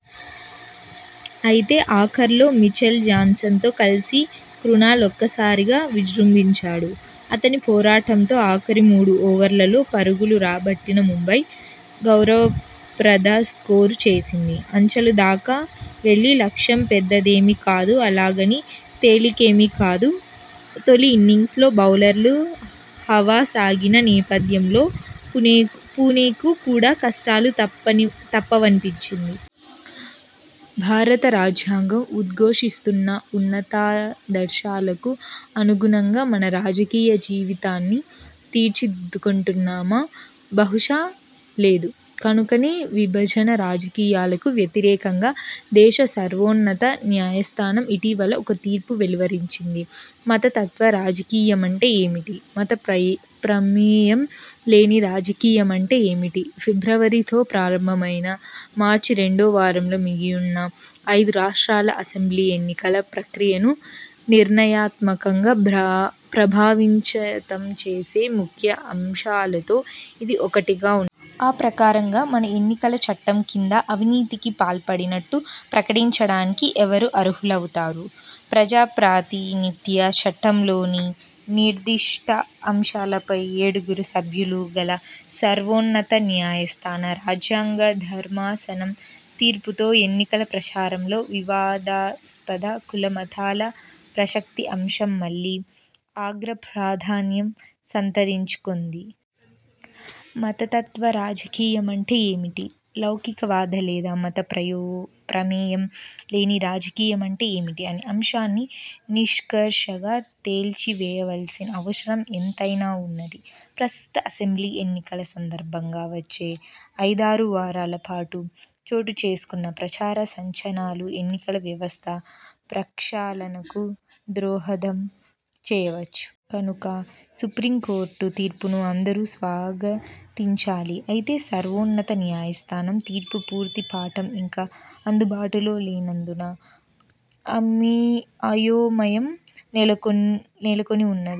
అయితే, ఆఖర్లో Mitchell Johnson తో కలిసి క్రునాల్ ఒక్కసారిగా విజృంభించాడు. అతని పోరాటంతో ఆఖరి మూడు ఓవర్లలో పరుగులు రాబట్టిన ముంబై గౌరవప్రద స్కోరు చేసింది. అంచులదాకా వెళ్లి: లక్ష్యం పెద్దదేమీ కాదు. అలాగని తేలికేమీకాదు. తొలి ఇన్నింగ్స్లో బౌలర్ల హవా సాగిన నేపథ్యంలో పుణెకు కూడా కష్టాలు తప్పవనిపించింది. భారత రాజ్యాంగం ఉద్ఘోషిస్తున్న ఉన్నతాదర్శాలకు అనుగుణంగా మన రాజకీయ జీవితాన్ని తీర్చిదిద్దుకొంటున్నామా? బహుశా, లేదు కనుకనే విభజన రాజకీయాలకు వ్యతిరేకంగా దేశ సర్వోన్నత న్యాయస్థానం ఇటీవల ఒక తీర్పు వెలువరించింది. మత తత్వ రాజకీయమంటే ఏమిటి? మత ప్రమేయం లేని రాజకీయమంటే ఏమిటి? – ఫిబ్రవరి తో ప్రారంభమై, మార్చి రెండోవారంలో ముగియనున్న ఐదు రాష్ట్రాల అసెంబ్లీ ఎన్నికల ప్రక్రియను నిర్ణయాత్మకంగా ప్రభావితంచేసే ముఖ్య అంశాలతో ఇది ఒకటిగా వున్నది. ఆ ప్రకారంగా, మన ఎన్నికల చట్టం కింద 'అవినీతి'కి పాల్పడినట్టు ప్రకటించడానికి ఎవరు అర్హులవుతారు? ప్రజాప్రాతినిధ్య చట్టంలోని నిర్దిష్ట అంశాలపై ఏడుగురు సభ్యులు గల సర్వోన్నత న్యాయస్థాన రాజ్యాంగ ధర్మాసనం తీర్పుతో ఎన్నికల ప్రచారంలో వివాదాస్పద కుల మతాల ప్రసక్తి అంశం మళ్ళీ అగ్ర ప్రాధాన్యం సంతరించుకొంది. మతతత్వ రాజకీయమంటే ఏమిటి? లౌకికవాద లేదా మత ప్రమేయం లేని రాజకీయమంటే ఏమిటి అనే అంశాన్ని నిష్కర్షగా తేల్చివేయవల్సిన అవసరం ఎంతైనావున్నది. ప్రస్తుత అసెంబ్లీ ఎన్నికల సందర్భంగా వచ్చే ఐదారు వారాల పాటు చోటు చేసుకోనున్న ప్రచార సంచలనాలు ఎన్నికల వ్యవస్థ ప్రక్షాళనకు దోహదం చేయవచ్చు. కనుక సుప్రీంకోర్టు తీర్పును అందరూ స్వాగతించాలి. అయితే సర్వోన్నత న్యాయస్థానం తీర్పు పూర్తి పాఠం ఇంకా అందుబాటులో లేనందున అయోమయం నెలకొనివున్నది.